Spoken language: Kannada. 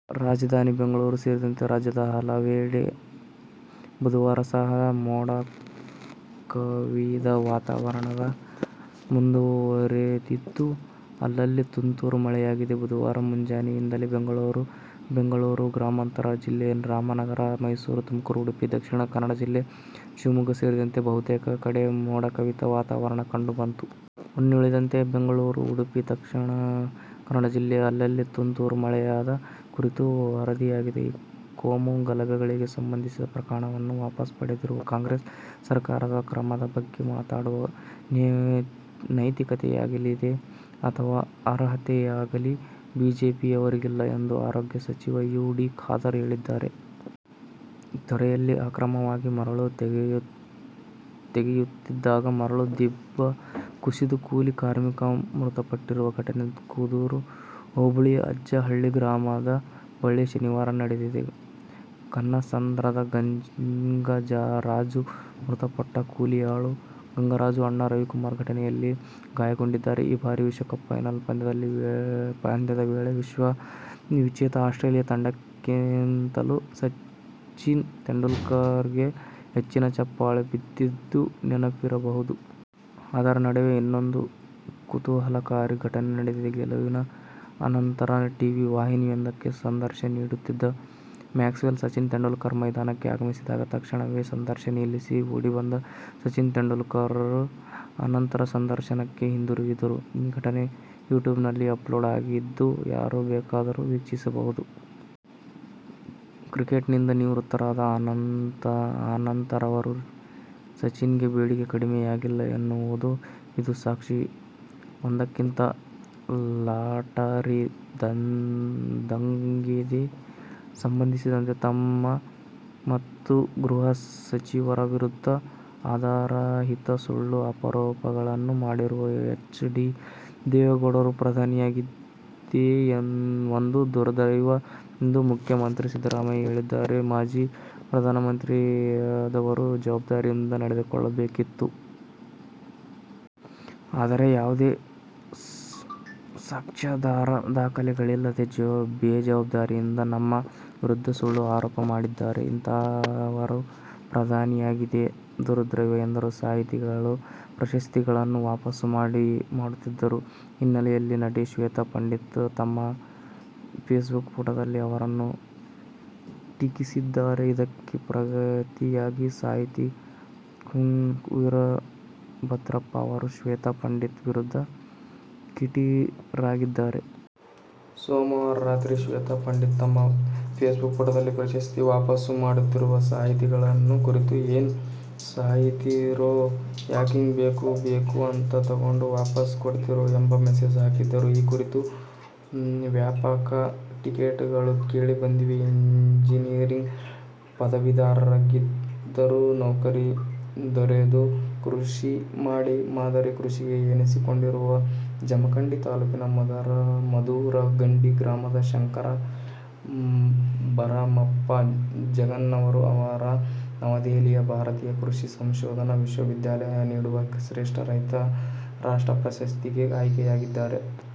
ರಾಜಧಾನಿ ಬೆಂಗಳೂರು ಸೇರಿದಂತೆ ರಾಜ್ಯದ ಹಲವೆಡೆ ಬುಧವಾರ ಸಹ ಮೋಡಕವಿದ ವಾತಾವರಣ ಮುಂದುವರಿದಿದ್ದು, ಅಲ್ಲಲ್ಲಿ ತುಂತುರು ಮಳೆಯಾಗಿದೆ. ಬುಧವಾರ ಮುಂಜಾನೆಯಿಂದಲೇ ಬೆಂಗಳೂರು, ಬೆಂಗಳೂರು ಗ್ರಾಮಾಂತರ ಜಿಲ್ಲೆ, ರಾಮನಗರ, ಮೈಸೂರು, ತುಮಕೂರು, ಉಡುಪಿ, ದಕ್ಷಿಣ ಕನ್ನಡ ಜಿಲ್ಲೆ, ಶಿವಮೊಗ್ಗ ಸೇರಿದಂತೆ ಬಹುತೇಕ ಕಡೆ ಮೋಡಕವಿದ ವಾತಾವರಣ ಕಂಡು ಬಂತು. ಇನ್ನುಳಿದಂತೆ ಬೆಂಗಳೂರು, ಉಡುಪಿ, ದಕ್ಷಿಣ ಕನ್ನಡ ಜಿಲ್ಲೆಯ ಅಲ್ಲಲ್ಲಿ ತುಂತುರು ಮಳೆಯಾದ ಕುರಿತು ವರದಿಯಾಗಿದೆ. ಕೋಮು ಗಲಭೆಗಳಿಗೆ ಸಂಬಂಧಿಸಿದ ಪ್ರಕರಣಗಳನ್ನು ವಾಪಸ್ ಪಡೆದಿರುವ ಕಾಂಗ್ರೆಸ್ ಸರ್ಕಾರದ ಕ್ರಮದ ಬಗ್ಗೆ ಮಾತನಾಡುವ ನೈತಿಕತೆಯಾಗಲಿ ಅಥವಾ ಅರ್ಹತೆಯಾಗಲಿ ಬಿಜೆಪಿಯವರಿಗಿಲ್ಲ ಎಂದು ಆರೋಗ್ಯ ಸಚಿವ ಯು. ಟಿ. ಖಾದರ್ ಹೇಳಿದ್ದಾರೆ. ತೊರೆಯಲ್ಲಿ ಅಕ್ರಮವಾಗಿ ಮರಳು ತೆಗೆಯುತ್ತಿದ್ದಾಗ ಮರಳು ದಿಬ್ಬ ಕುಸಿದು ಕೂಲಿ ಕಾರ್ಮಿಕ ಮೃತಪಟ್ಟಿರುವ ಘಟನೆ ಕುದೂರು ಹೋಬಳಿಯ ಅಜ್ಜಹಳ್ಳಿ ಗ್ರಾಮದ ಬಳಿ ಶನಿವಾರ ನಡೆದಿದೆ. ಕನ್ನಸಂದ್ರದ ಗಂಗರಾಜು ಮೃತಪಟ್ಟ ಕೂಲಿಯಾಳು. ಗಂಗರಾಜು ಅಣ್ಣ ರವಿಕುಮಾರ್ ಘಟನೆಯಲ್ಲಿ ಗಾಯಗೊಂಡಿದ್ದಾರೆ. ಈ ಬಾರಿಯ ವಿಶ್ವಕಪ್ ಫೈನಲ್ ಪಂದ್ಯದ ವೇಳೆ ವಿಶ್ವವಿಜೇತ ಆಸ್ಟ್ರೇಲಿಯ ತಂಡಕ್ಕಿಂತಲೂ ಸಚಿನ್ ತೆಂಡುಲ್ಕರ್ಗೆ ಹೆಚ್ಚಿನ ಚಪ್ಪಾಳೆ ಬಿದ್ದಿದ್ದು ನೆನಪಿರಬಹುದು. ಅದರ ನಡುವೆ ಇನ್ನೊಂದು ಕುತೂಹಲಕಾರಿ ಘಟನೆ ನಡೆದಿದೆ. ಗೆಲುವಿನ ಅನಂತರ ಟಿವಿ ವಾಹಿನಿಯೊಂದಕ್ಕೆ ಸಂದರ್ಶನ ನೀಡುತ್ತಿದ್ದ ಮ್ಯಾಕ್ಸ್ವೆಲ್, ಸಚಿನ್ ತೆಂಡುಲ್ಕರ್ ಮೈದಾನಕ್ಕೆ ಆಗಮಿಸಿದಾಗ ತತ್ಕ್ಷಣವೇ ಸಂದರ್ಶನ ನಿಲ್ಲಿಸಿ ಓಡಿಬಂದು ಸಚಿನ್ ತಬ್ಬಿಕೊಂಡರು. ಅನಂತರ ಸಂದರ್ಶನಕ್ಕೆ ಹಿಂದಿರುಗಿದರು! ಈ ಘಟನೆ ಯೂಟ್ಯೂಬ್ನಲ್ಲಿ ಅಪ್ಲೋಡ್ ಆಗಿದ್ದು, ಯಾರು ಬೇಕಾದರೂ ವೀಕ್ಷಿಸಬಹುದು. ಕ್ರಿಕೆಟ್ನಿಂದ ನಿವೃತ್ತರಾದ ಅನಂತರವೂ ಸಚಿನ್ಗೆ ಬೇಡಿಕೆ ಕಡಿಮೆಯಾಗಿಲ್ಲವೆನ್ನುವುದಕ್ಕೆ ಇದು ಸಾಕ್ಷಿ. ಒಂದಂಕಿ ಲಾಟರಿ ದಂಧೆಗೆ ಸಂಬಂಧಿಸಿದಂತೆ ತಮ್ಮ ಮತ್ತು ಗೃಹ ಸಚಿವರ ವಿರುದ್ಧ ಆಧಾರರಹಿತ ಸುಳ್ಳು ಆರೋಪಗಳನ್ನು ಮಾಡಿರುವ ಎಚ್. ಡಿ. ದೇವೇಗೌಡರು ಪ್ರಧಾನಿಯಾಗಿದ್ದೇ ಒಂದು ದುರ್ದೈವ ಎಂದು ಮುಖ್ಯಮಂತ್ರಿ ಸಿದ್ದರಾಮಯ್ಯ ಹೇಳಿದ್ದಾರೆ. ಮಾಜಿ ಪ್ರಧಾನಿಯಾದವರು ಜವಾಬ್ದಾರಿಯಿಂದ ನಡೆದುಕೊಳ್ಳಬೇಕಿತ್ತು. ಆದರೆ, ಯಾವುದೇ ಸಾಕ್ಷ್ಯಾಧಾರ, ದಾಖಲೆಗಳಿಲ್ಲದೆ ಬೇಜವಾಬ್ದಾರಿಯಿಂದ ನಮ್ಮ ವಿರುದ್ಧ ಸುಳ್ಳು ಆರೋಪ ಮಾಡಿದ್ದಾರೆ. ಇಂಥವರು ಪ್ರಧಾನಿಯಾಗಿದ್ದೇ ದುರ್ದೈವ ಎಂದರು. ಸಾಹಿತಿಗಳು ಪ್ರಶಸ್ತಿಗಳನ್ನು ವಾಪಸ್ಸು ಮಾಡುತ್ತಿರುವ ಹಿನ್ನೆಲೆಯಲ್ಲಿ ನಟಿ ಶ್ವೇತಾ ಪಂಡಿತ್ ತಮ್ಮ ಫೇಸ್ಬುಕ್ ಪುಟದಲ್ಲಿ ಅವರನ್ನು ಟೀಕಿಸಿದ್ದಾರೆ. ಇದಕ್ಕೆ ಪ್ರತಿಯಾಗಿ ಸಾಹಿತಿ ಕುಂ. ವೀರಭದ್ರಪ್ಪ ಅವರು ಶ್ವೇತಾ ಪಂಡಿತ್ ವಿರುದ್ಧ ಕಿಡಿಕಾರಿದ್ದಾರೆ. ಸೋಮವಾರ ರಾತ್ರಿ ಶ್ವೇತಾ ಪಂಡಿತ್ ತಮ್ಮ ಫೇಸ್ಬುಕ್ ಪುಟದಲ್ಲಿ ಪ್ರಶಸ್ತಿ ವಾಪಸ್ಸು ಮಾಡುತ್ತಿರುವ ಸಾಹಿತಿಗಳನ್ನು ಕುರಿತು, 'ಏನ್ ಸಾಹಿತಿರೋ ಯಾಕಿಂಗ, ಬೇಕು ಬೇಕು ಬೇಕು ಅಂತಾ ತೊಗೊಂಡ್ ವಾಪಸ್ ಕೊಡ್ತೀರೋ ' ಎಂಬ ಮೆಸೇಜ್ ಹಾಕಿದ್ದರು. ಈ ಕುರಿತು ವ್ಯಾಪಕ ಟೀಕೆಗಳು ಕೇಳಿ ಬಂದಿವೆ. ಎಂಜಿನಿಯರಿಂಗ್ ಪದವೀಧರರಾ ಗಿದ್ದರೂ ನೌಕರಿ ತೊರೆದು ಕೃಷಿ ಮಾಡಿ ಮಾದರಿ ಕೃಷಿಕ ಎನಿಸಿಕೊಂಡಿರುವ ಜಮಖಂಡಿ ತಾಲೂಕಿನ ಮಧುರಖಂಡಿ ಗ್ರಾಮದ ಶಂಕರ ಭರಮಪ್ಪ ಜಂಗನ್ನವರ ಅವರು ನವದೆಹಲಿಯ ಭಾರತೀಯ ಕೃಷಿ ಸಂಶೋಧನಾ ವಿಶ್ವವಿದ್ಯಾಲಯ ನೀಡುವ ಶ್ರೇಷ್ಠ ರೈತ ರಾಷ್ಟ್ರ ಪ್ರಶಸ್ತಿಗೆ ಆಯ್ಕೆಯಾಗಿದ್ದಾರೆ.